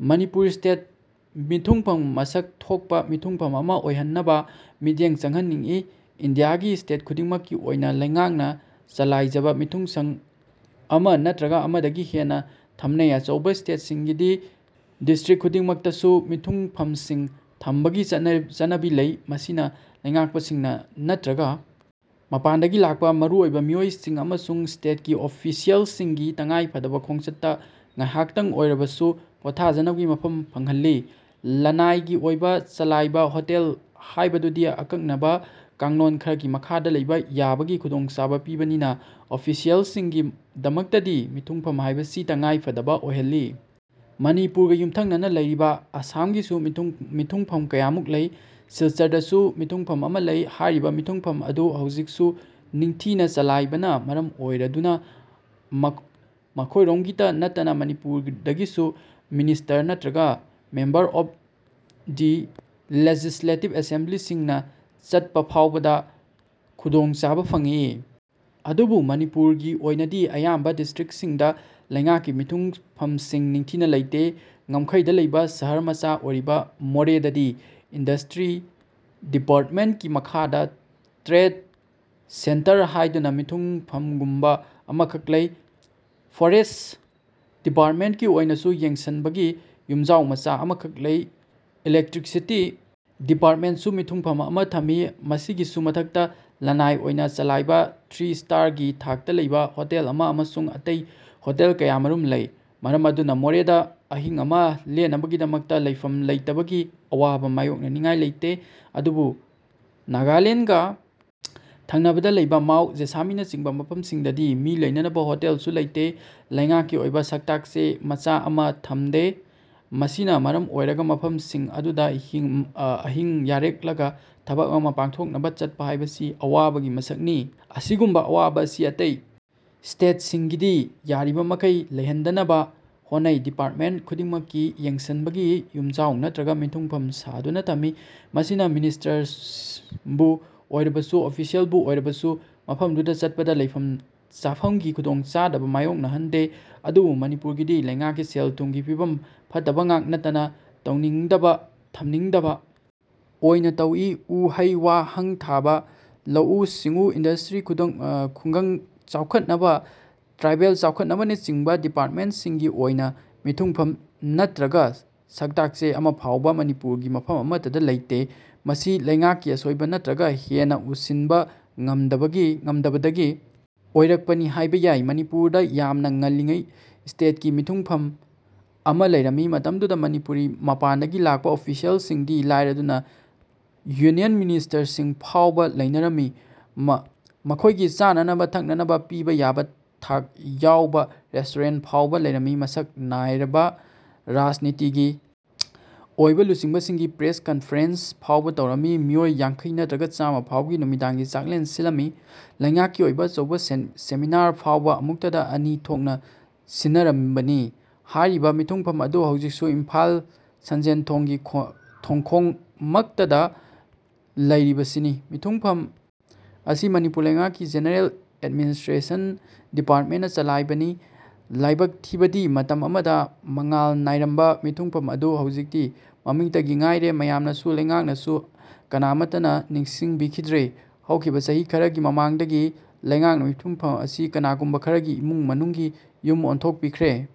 ꯃꯅꯤꯄꯨꯔꯒꯤ ꯁ꯭ꯇꯦꯠ ꯃꯤꯊꯨꯡꯐꯝ ꯃꯁꯛ ꯊꯣꯛꯄ ꯃꯤꯊꯨꯡꯐꯝ ꯑꯃ ꯑꯣꯏꯍꯟꯅꯕ ꯃꯤꯠꯌꯦꯡ ꯆꯡꯍꯟꯅꯤꯡꯏ꯫ ꯏꯟꯗꯤꯌꯥꯒꯤ ꯁ꯭ꯇꯦꯠ ꯈꯨꯗꯤꯡꯃꯛꯀꯤ ꯑꯣꯏꯅ ꯂꯩꯉꯥꯛꯅ ꯆꯂꯥꯏꯖꯕ ꯃꯤꯊꯨꯡꯐꯝ ꯑꯃ ꯅꯠꯇ꯭ꯔꯒ ꯑꯃꯗꯒꯤ ꯍꯦꯅꯅ ꯊꯝꯅꯩ꯫ ꯑꯆꯧꯕ ꯁ꯭ꯇꯦꯠꯁꯤꯡꯗꯤ ꯗꯤꯁ꯭ꯇ꯭ꯔꯤꯛꯠ ꯈꯨꯗꯤꯡꯃꯛꯇꯁꯨ ꯃꯤꯊꯨꯡꯐꯝꯁꯤꯡ ꯊꯝꯕꯒꯤ ꯆꯠꯅꯕꯤ ꯂꯩ꯫ ꯃꯁꯤꯅ ꯂꯩꯉꯥꯛꯄꯁꯤꯡꯅ ꯅꯠꯇ꯭ꯔꯒ ꯃꯄꯥꯟꯗꯒꯤ ꯂꯥꯛꯄ ꯃꯔꯨꯑꯣꯏꯕ ꯃꯤꯑꯣꯏꯁꯤꯡ ꯑꯃꯁꯨꯡ ꯁ꯭ꯇꯦꯠꯀꯤ ꯑꯣꯐꯤꯁꯤꯌꯦꯜꯁꯤꯡꯒꯤ ꯇꯉꯥꯏꯐꯗꯕ ꯈꯣꯡꯆꯠꯇ ꯉꯥꯏꯍꯥꯛꯇꯡ ꯑꯣꯔꯕꯁꯨ ꯄꯣꯊꯥꯖꯅꯕꯒꯤ ꯃꯐꯝ ꯐꯪꯍꯜꯂꯤ꯫ ꯂꯟꯅꯥꯏꯒꯤ ꯑꯣꯏꯅ ꯆꯂꯥꯏꯕ ꯍꯣꯇꯦꯜ ꯍꯥꯏꯕꯗꯨꯗꯤ ꯑꯀꯛꯅꯕ ꯀꯥꯡꯂꯣꯟ ꯈꯔꯒꯤ ꯃꯈꯥꯗ ꯂꯩꯕ ꯌꯥꯕꯒꯤ ꯈꯨꯗꯣꯡꯆꯥꯕ ꯄꯤꯕꯅꯤꯅ ꯑꯣꯐꯤꯁꯤꯌꯦꯜꯁꯤꯡꯒꯤ ꯗꯃꯛꯇꯗꯤ ꯃꯤꯊꯨꯡꯐꯝ ꯍꯥꯏꯕꯁꯤ ꯇꯉꯥꯏꯐꯗꯕ ꯑꯣꯏꯍꯜꯂꯤ꯫ ꯃꯅꯤꯄꯨꯔꯒ ꯌꯨꯝꯊꯡꯅꯅ ꯂꯩꯔꯤꯕ ꯑꯁꯥꯝꯒꯤꯁꯨ ꯃꯤꯊꯨꯡꯐꯝ ꯀꯌꯥꯃꯨꯛ ꯂꯩ꯫ ꯁꯤꯜꯆꯔꯗꯁꯨ ꯃꯤꯊꯨꯡꯐꯝ ꯑꯃ ꯂꯩ꯫ ꯍꯥꯏꯔꯤꯕ ꯃꯤꯊꯨꯡꯐꯝ ꯑꯗꯨ ꯍꯧꯖꯤꯛꯁꯨ ꯅꯤꯡꯊꯤꯅ ꯆꯂꯥꯏꯕꯅ ꯃꯔꯝ ꯑꯣꯏꯔꯗꯨꯅ ꯃꯈꯣꯏꯔꯣꯝꯒꯤꯇ ꯅꯠꯇꯅ ꯃꯅꯤꯄꯨꯔꯗꯒꯤꯁꯨ ꯃꯤꯅꯤꯁ꯭ꯇꯔ ꯅꯠꯇ꯭ꯔꯒ ꯃꯦꯝꯕꯔ ꯑꯣꯐ ꯗ ꯂꯦꯖꯤꯁꯂꯦꯇꯤꯚ ꯑꯦꯁꯦꯝꯕ꯭ꯂꯤꯁꯤꯡꯅ ꯆꯠꯄ ꯐꯥꯎꯕꯗ ꯈꯨꯗꯣꯡꯆꯥꯕ ꯐꯪꯏ꯫ ꯑꯗꯨꯕꯨ ꯃꯅꯤꯄꯨꯔꯒꯤ ꯑꯣꯏꯅꯗꯤ ꯑꯌꯥꯝꯕ ꯗꯤꯁ꯭ꯇ꯭ꯔꯤꯛꯠꯁꯤꯡꯗ ꯂꯩꯉꯥꯛꯀꯤ ꯃꯤꯊꯨꯡꯐꯝꯁꯤꯡ ꯅꯤꯡꯊꯤꯅ ꯂꯩꯇꯦ꯫ ꯉꯝꯈꯩꯗ ꯂꯩꯕ ꯁꯍꯔ ꯃꯆꯥ ꯑꯣꯏꯔꯤꯕ ꯃꯣꯔꯦꯗꯗꯤ ꯏꯟꯗꯁ꯭ꯇ꯭ꯔꯤ ꯗꯤꯄꯥꯔꯠꯃꯦꯟꯠꯀꯤ ꯃꯈꯥꯗ ꯇ꯭ꯔꯦꯗ ꯁꯦꯟꯇꯔ ꯍꯥꯏꯗꯨꯅ ꯃꯤꯊꯨꯡꯐꯝꯒꯨꯝꯕ ꯑꯃꯈꯛ ꯂꯩ꯫ ꯐꯣꯔꯦꯁꯠ ꯗꯤꯄꯥꯔꯠꯃꯦꯟꯠꯀꯤ ꯑꯣꯏꯅꯁꯨ ꯌꯦꯡꯁꯟꯕꯒꯤ ꯌꯨꯝꯖꯥꯎ ꯃꯆꯥ ꯑꯃꯈꯛ ꯂꯩ꯫ ꯏꯂꯦꯛꯇ꯭ꯔꯤꯁꯤꯇꯤ ꯗꯤꯄꯥꯔꯠꯃꯦꯟꯠꯀꯤꯁꯨ ꯃꯤꯊꯨꯡꯐꯝ ꯑꯃ ꯊꯝꯃꯤ꯫ ꯃꯁꯤꯒꯤꯁꯨ ꯃꯊꯛꯇ ꯂꯟꯅꯥꯏ ꯑꯣꯏꯅ ꯆꯂꯥꯏꯕ ꯊ꯭ꯔꯤ ꯁ꯭ꯇꯔꯒꯤ ꯊꯥꯛꯇ ꯂꯩꯕ ꯍꯣꯇꯦꯜ ꯑꯃ ꯑꯃꯁꯨꯡ ꯑꯇꯩ ꯍꯣꯇꯦꯜ ꯀꯌꯥꯃꯔꯨꯝ ꯂꯩ꯫ ꯃꯔꯝ ꯑꯗꯨꯅ ꯃꯣꯔꯦꯗ ꯑꯍꯤꯡ ꯑꯃ ꯂꯦꯛꯅꯕꯒꯤꯗꯃꯛꯇ ꯂꯩꯐꯝ ꯂꯩꯇꯕꯒꯤ ꯑꯋꯥꯕ ꯃꯥꯌꯣꯛꯅꯅꯤꯉꯥꯏ ꯂꯩꯇꯦ꯫ ꯑꯗꯨꯕꯨ ꯅꯥꯒꯥꯂꯦꯟꯗꯒ ꯊꯪꯅꯕꯗ ꯂꯩꯕ ꯃꯥꯎ, ꯖꯦꯁꯥꯃꯤꯅꯆꯤꯡꯕ ꯃꯐꯝꯁꯤꯡꯗꯗꯤ ꯃꯤ ꯂꯩꯅꯅꯕ ꯍꯣꯇꯦꯜꯁꯨ ꯂꯩꯇꯦ, ꯂꯩꯉꯥꯛꯀꯤ ꯑꯣꯏꯕ ꯁꯛꯇꯥꯛ ꯆꯦ ꯃꯆꯥ ꯑꯃ ꯊꯝꯗꯦ꯫ ꯃꯁꯤꯅ ꯃꯔꯝ ꯑꯣꯏꯔꯒ ꯃꯐꯝꯁꯤꯡ ꯑꯗꯨꯗ ꯑꯍꯤꯡ ꯌꯥꯔꯦꯛꯂꯒ ꯊꯕꯛ ꯑꯃ ꯄꯥꯡꯊꯣꯛꯅꯕ ꯆꯠꯄ ꯍꯥꯏꯕꯁꯤ ꯑꯋꯥꯕꯒꯤ ꯃꯁꯛꯅꯤ꯫ ꯑꯁꯤꯒꯨꯝꯕ ꯑꯋꯥꯕꯁꯤ ꯑꯇꯩ ꯁ꯭ꯇꯦꯠꯁꯤꯡꯒꯤꯗꯤ ꯌꯥꯔꯤꯃꯈꯩ ꯂꯩꯍꯟꯗꯅꯕ ꯍꯣꯠꯅꯩ꯫ ꯗꯤꯄꯥꯔꯠꯃꯦꯟꯠ ꯈꯨꯗꯤꯡꯃꯛꯀꯤ ꯌꯦꯡꯁꯟꯕꯒꯤ ꯌꯨꯝꯖꯥꯎ ꯅꯠꯇ꯭ꯔꯒ ꯃꯤꯊꯨꯡꯐꯝ ꯁꯥꯗꯨꯅ ꯊꯝꯃꯤ꯫ ꯃꯁꯤꯅ ꯃꯤꯅꯤꯁ꯭ꯇꯔꯕꯨ ꯑꯣꯏꯔꯕꯁꯨ, ꯑꯣꯐꯤꯁꯤꯌꯦꯜꯕꯨ ꯑꯣꯏꯔꯕꯁꯨ ꯃꯐꯝꯗꯨꯗ ꯆꯠꯄꯗ ꯂꯩꯐꯝ ꯆꯥꯐꯝꯒꯤ ꯈꯨꯗꯣꯡꯆꯥꯗꯕ ꯃꯥꯌꯣꯛꯅꯍꯟꯗꯦ꯫ ꯑꯗꯨꯕꯨ ꯃꯅꯤꯄꯨꯔꯒꯤꯗꯤ ꯂꯩꯉꯥꯛꯀꯤ ꯁꯦꯜ ꯊꯨꯝꯒꯤ ꯐꯤꯚꯝ ꯐꯠꯇꯕꯉꯥꯛ ꯅꯠꯇꯅ ꯇꯧꯅꯤꯡꯗꯕ, ꯊꯝꯅꯤꯡꯗꯕ ꯑꯣꯏꯅ ꯇꯧꯏ꯫ ꯎ ꯍꯩ ꯋꯥ ꯍꯪ ꯊꯥꯕ, ꯂꯧꯎ ꯁꯤꯡꯎꯕ, ꯏꯟꯗꯁ꯭ꯇ꯭ꯔꯤ, ꯈꯨꯡꯒꯪ ꯆꯥꯎꯈꯠꯅꯕ, ꯇ꯭ꯔꯥꯏꯕꯦꯜ ꯆꯥꯎꯈꯠꯅꯕꯅꯆꯤꯡꯕ ꯗꯤꯄꯥꯔꯠꯃꯦꯟꯠꯁꯤꯡꯒꯤ ꯑꯣꯏꯕ ꯃꯤꯊꯨꯡꯐꯝ ꯅꯠꯇ꯭ꯔꯒ ꯁꯛꯇꯥꯛ ꯆꯦ ꯑꯃꯐꯥꯎꯕ ꯃꯅꯤꯄꯨꯔꯒꯤ ꯃꯐꯝ ꯑꯃꯗ ꯂꯩꯇꯦ꯫ ꯃꯁꯤ ꯂꯩꯉꯥꯛꯀꯤ ꯑꯁꯣꯏꯕ ꯅꯠꯇ꯭ꯔꯒ ꯍꯦꯟꯅ ꯎꯁꯤꯟꯕ ꯉꯝꯗꯕꯗꯒꯤ ꯑꯣꯏꯔꯛꯄꯅꯤ ꯍꯥꯏꯕ ꯌꯥꯏ꯫ ꯃꯅꯤꯄꯨꯔꯗ ꯌꯥꯝꯅ ꯉꯜꯂꯤꯉꯩꯗ ꯁ꯭ꯇꯦꯠꯀꯤ ꯃꯤꯊꯨꯡꯐꯝ ꯑꯃ ꯂꯩꯔꯝꯃꯤ꯫ ꯃꯇꯝꯗꯨꯗ ꯃꯅꯤꯄꯨꯔꯒꯤ ꯃꯄꯥꯟꯗꯒꯤ ꯂꯥꯛꯄ ꯑꯣꯐꯤꯁꯤꯌꯦꯜꯁꯤꯡꯗꯤ ꯂꯥꯏꯔꯗꯨꯅ ꯌꯨꯅꯤꯌꯟ ꯃꯤꯅꯤꯁ꯭ꯔꯁꯤꯡ ꯐꯥꯎꯕ ꯂꯩꯅꯔꯝꯃꯤ꯫ ꯃꯈꯣꯏꯒꯤ ꯆꯥꯅꯅꯕ ꯊꯛꯅꯅꯕ ꯄꯤꯕ ꯌꯥꯕ ꯊꯥꯛ ꯌꯥꯎꯕ ꯔꯦꯁ꯭ꯇꯨꯔꯦꯟꯠ ꯐꯥꯎꯕ ꯂꯩꯔꯝꯃꯤ꯫ ꯃꯁꯛ ꯅꯥꯏꯕ ꯔꯥꯖꯅꯤꯇꯤꯒꯤ ꯑꯣꯏꯕ ꯂꯨꯆꯤꯡꯕꯁꯤꯡꯒꯤ ꯄ꯭ꯔꯦꯁ ꯀꯟꯐꯔꯦꯟꯁ ꯐꯥꯎꯕ ꯇꯧꯔꯝꯃꯤ꯫ ꯃꯤꯑꯣꯏ ꯌꯥꯡꯈꯩ ꯅꯠꯇ꯭ꯔꯒ ꯆꯥꯃ ꯐꯥꯎꯕꯒꯤ ꯅꯨꯃꯤꯗꯥꯡꯒꯤ ꯆꯥꯛꯂꯦꯟ ꯁꯤꯜꯂꯝꯃꯤ꯫ ꯂꯩꯉꯥꯛꯀꯤ ꯑꯣꯏꯕ ꯑꯆꯧꯕ ꯁꯦꯃꯤꯅꯥꯔ ꯐꯥꯎꯕ ꯑꯃꯨꯛꯇꯗ ꯑꯅꯤ ꯊꯣꯛꯅ ꯁꯤꯟꯅꯔꯝꯕꯅꯤ꯫ ꯍꯥꯏꯔꯤꯕ ꯃꯤꯊꯨꯡꯐꯝ ꯑꯗꯨ ꯍꯧꯖꯤꯛꯁꯨ ꯏꯝꯐꯥꯜꯒꯤ ꯁꯟꯖꯦꯟꯊꯣꯡꯒꯤ ꯊꯣꯡꯈꯣꯡ ꯃꯛꯇꯗ ꯂꯩꯔꯤꯕꯁꯤꯅꯤ꯫ ꯃꯤꯊꯨꯡꯐꯝ ꯑꯁꯤ ꯃꯅꯤꯄꯨꯔ ꯂꯩꯉꯥꯛꯀꯤ ꯖꯦꯅꯦꯔꯦꯜ ꯑꯦꯗꯃꯤꯅꯤꯁꯇ꯭ꯔꯦꯁꯟ ꯗꯤꯄꯥꯔꯠꯃꯦꯟꯠꯅ ꯆꯂꯥꯏꯔꯤꯕꯅꯤ꯫ ꯂꯥꯏꯕꯛ ꯊꯤꯕꯗꯤ ꯃꯇꯝ ꯑꯃꯗ ꯃꯉꯥꯜ ꯅꯥꯏꯔꯝꯕ ꯃꯤꯊꯨꯡꯐꯝ ꯑꯗꯨ ꯍꯧꯖꯤꯛꯇꯤ ꯃꯃꯤꯡꯇꯒꯤ ꯉꯥꯏꯔꯦ꯫ ꯃꯤꯌꯥꯝꯅꯁꯨ, ꯂꯩꯉꯥꯛꯅꯁꯨ ꯀꯅꯥꯃꯠꯇꯅ ꯅꯤꯡꯁꯤꯡꯕꯤꯈꯤꯗ꯭ꯔꯦ꯫ ꯍꯧꯈꯤꯕ ꯆꯍꯤ ꯈꯔꯒꯤ ꯃꯃꯥꯡꯗꯒꯤ ꯂꯩꯉꯥꯛꯅ ꯃꯤꯊꯨꯡꯐꯝ ꯑꯁꯤ ꯀꯅꯥꯒꯨꯝꯕ ꯈꯔꯒꯤ ꯏꯃꯨꯡ ꯃꯅꯨꯡꯒꯤ ꯌꯨꯝ ꯑꯣꯟꯊꯣꯛꯄꯤꯈ꯭ꯔꯦ꯫